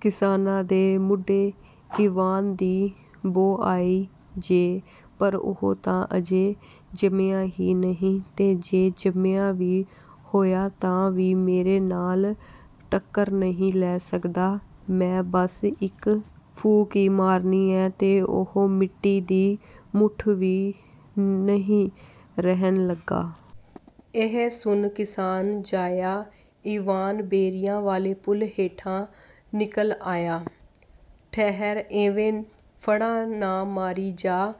ਕਿਸਾਨਾਂ ਦੇ ਮੁਡੇ ਈਵਾਨ ਦੀ ਬੋ ਆਈ ਜੇ? ਪਰ ਉਹ ਤਾਂ ਅਜੇ ਜੰਮਿਆ ਹੀ ਨਹੀਂ, ਤੇ ਜੇ ਜੰਮਿਆ ਵੀ ਹੋਇਐ, ਤਾਂ ਵੀ ਮੇਰੇ ਨਾਲ ਟੱਕਰ ਨਹੀਂ ਲੈ ਸਕਦਾ। ਮੈਂ ਬਸ ਇੱਕ ਫੂਕ ਈ ਮਾਰਨੀ ਏਂ, ਤੇ ਉਹ ਮਿੱਟੀ ਦੀ ਮੁੱਠ ਵੀ ਨਹੀਂ ਰਹਿਣ ਲੱਗਾ।" ਇਹ ਸੁਣ ਕਿਸਾਨ-ਜਾਇਆ ਈਵਾਨ ਬੇਰੀਆਂ ਵਾਲੇ ਪੁਲ ਹੇਠਾਂ ਨਿਕਲ ਆਇਆ।"ਠਹਿਰ, ਐਵੇਂ ਫੜਾਂ ਨਾ ਮਾਰੀ ਜਾ,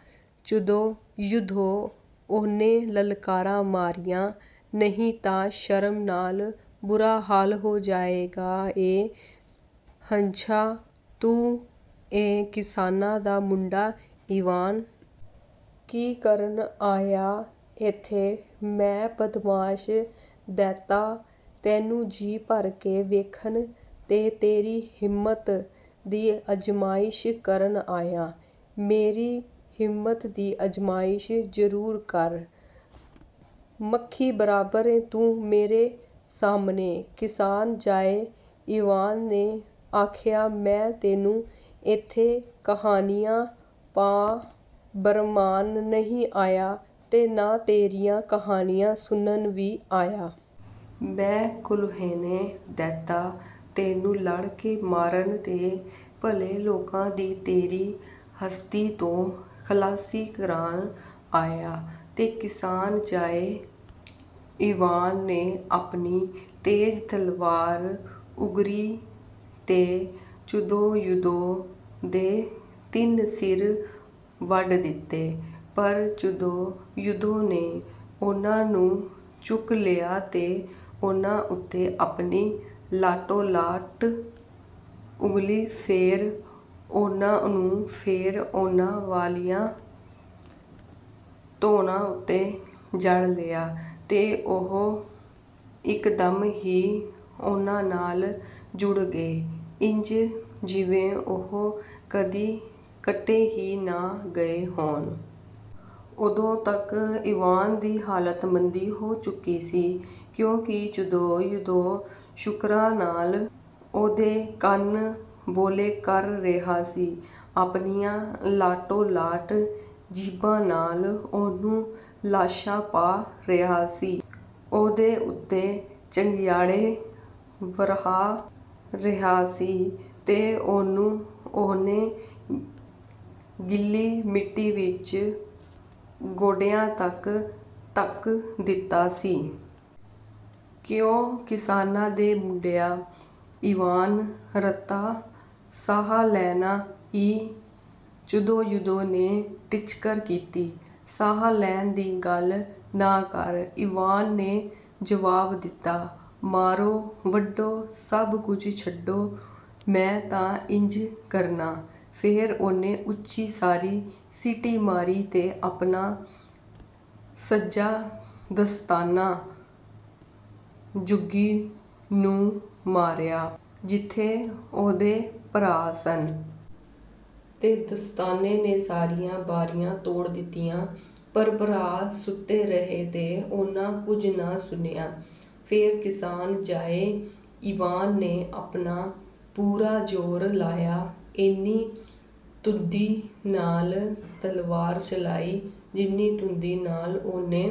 ਚੁਦੋ-ਯੁਦੋ," ਉਹਨੇ ਲਲਕਾਰਾ ਮਾਰਿਆ, "ਨਹੀਂ ਤਾਂ ਸ਼ਰਮ ਨਾਲ ਬੁਰਾ ਹਾਲ ਹੋ ਜਾਏਗਾ ਈ।" "ਹੱਛਾ, ਤੂੰ ਏਂ, ਕਿਸਾਨਾਂ ਦਾ ਮੁੰਡਾ ਈਵਾਨ! ਕੀ ਕਰਨ ਆਇਐ ਏਥੇ?" "ਮੈਂ, ਬਦਮਾਸ਼ ਦੈਂਤਾ, ਤੈਨੂੰ ਜੀ ਭਰ ਕੇ ਵੇਖਣ ਤੇ ਤੇਰੀ ਹਿੰਮਤ ਦੀ ਅਜ਼ਮਾਇਸ਼ ਕਰਨ ਆਇਆ!" "ਮੇਰੀ ਹਿੰਮਤ ਦੀ ਅਜ਼ਮਾਇਸ਼ ਜ਼ਰੂਰ ਕਰ! ਮੱਖੀ ਬਰਾਬਰ ਏਂ ਤੂੰ ਮੇਰੇ ਸਾਹਮਣੇ!" ਕਿਸਾਨ-ਜਾਏ ਈਵਾਨ ਨੇ ਆਖਿਆ: "ਮੈਂ ਤੈਨੂੰ ਏਥੇ ਕਹਾਣੀਆਂ ਪਾ ਭਰਮਾਣ ਨਹੀਂ ਆਇਆਂ, ਤੇ ਨਾ ਤੇਰੀਆਂ ਕਹਾਣੀਆਂ ਸੁਣਨ ਵੀ ਆਇਆਂ। ਮੈਂ ਕੁਲਹਿਣੇ ਦੈਂਤਾਂ, ਤੈਨੂੰ ਲੜ ਕੇ ਮਾਰਨ ਤੇ ਭਲੇ ਲੋਕਾਂ ਦੀ ਤੇਰੀ ਹਸਤੀ ਤੋਂ ਖਲਾਸੀ ਕਰਾਣ ਆਇਆਂ!" ਤੇ ਕਿਸਾਨ-ਜਾਏ ਈਵਾਨ ਨੇ ਆਪਣੀ ਤੇਜ਼ ਤਲਵਾਰ ਉਗਰੀ ਤੇ ਚੁਦੋ-ਯੁਦੋ ਦੇ ਤਿੰਨ ਸਿਰ ਵੱਢ ਦਿੱਤੇ। ਪਰ ਚੁਦੋ-ਯੁਦੋ ਨੇ ਉਹਨਾਂ ਨੂੰ ਚੁੱਕ ਲਿਆ ਤੇ ਉਹਨਾਂ ਉੱਤੇ ਆਪਣੀ ਲਾਟੋ-ਲਾਟ ਉਂਗਲੀ ਫੇਰ ਉਹਨਾਂ ਨੂੰ ਫੇਰ ਉਹਨਾਂ ਵਾਲੀਆਂ ਧੌਣਾਂ ਉੱਤੇ ਜੜ ਲਿਆ, ਤੇ ਉਹ ਇਕਦਮ ਹੀ ਉਹਨਾਂ ਨਾਲ ਜੁੜ ਗਏ, ਇੰਜ ਜਿਵੇਂ ਉਹ ਕਦੀ ਕੱਟੇ ਹੀ ਨਾ ਗਏ ਹੋਣ। ਓਦੋਂ ਤੱਕ ਈਵਾਨ ਦੀ ਹਾਲਤ ਮੰਦੀ ਹੋ ਚੁਕੀ ਸੀ, ਕਿਉਂਕਿ ਚੁਦੋ-ਯੁਦੋ ਸ਼ੂਕਰਾਂ ਨਾਲ ਉਹਦੇ ਕੰਨ ਬੋਲੇ ਕਰ ਰਿਹਾ ਸੀ, ਆਪਣੀਆਂ ਲਾਟੋ-ਲਾਟ ਜੀਭਾਂ ਨਾਲ ਉਹਨੂੰ ਲਾਸ਼ਾਂ ਪਾ ਰਿਹਾ ਸੀ, ਉਹਦੇ ਉੱਤੇ ਚੰਗਿਆੜੇ ਵਰ੍ਹਾ ਰਿਹਾ ਸੀ ਤੇ ਉਹਨੂੰ ਉਹਨੇ ਗਿੱਲੀ ਮਿੱਟੀ ਵਿੱਚ ਗੋਡਿਆਂ ਤੱਕ ਧੱਕ ਦਿੱਤਾ ਸੀ। "ਕਿਉਂ, ਕਿਸਾਨਾਂ ਦੇ ਮੁੰਡਿਆ, ਈਵਾਨ, ਰਤਾ ਸਾਹ ਲੈਣਾ ਈ?" ਚੁਦੋ-ਯੁਦੋ ਨੇ ਟਿੱਚਕਰ ਕੀਤੀ। "ਸਾਹ ਲੈਣ ਦੀ ਗੱਲ ਨਾ ਕਰ," ਈਵਾਨ ਨੇ ਜਵਾਬ ਦਿੱਤਾ। "ਮਾਰੋ, ਵੱਢੋ, ਸਭ ਕੁਝ ਛੱਡੋ, ਮੈਂ ਤਾਂ ਇੰਜ ਕਰਨਾ!" ਫੇਰ ਉਹਨੇ ਉੱਚੀ ਸਾਰੀ ਸੀਟੀ ਮਾਰੀ ਤੇ ਆਪਣਾ ਸੱਜਾ ਦਸਤਾਨਾ ਝੁੱਗੀ ਨੂੰ ਮਾਰਿਆ—ਜਿੱਥੇ ਉਹਦੇ ਭਰਾ ਸਨ। ਤੇ ਦਸਤਾਨੇ ਨੇ ਸਾਰੀਆਂ ਬਾਰੀਆਂ ਤੋੜ ਦਿੱਤੀਆਂ, ਪਰ ਭਰਾ ਸੁੱਤੇ ਰਹੇ ਤੇ ਉਹਨਾਂ ਕੁਝ ਨਾ ਸੁਣਿਆ। ਫੇਰ, ਕਿਸਾਨ-ਜਾਏ ਈਵਾਨ ਨੇ ਆਪਣਾ ਪੂਰਾ ਜ਼ੋਰ ਲਾਇਆ, ਏਨੀ ਤੁੰਦੀ ਨਾਲ ਤਲਵਾਰ ਚਲਾਈ, ਜਿੰਨੀ ਤੁੰਦੀ ਨਾਲ ਉਹਨੇ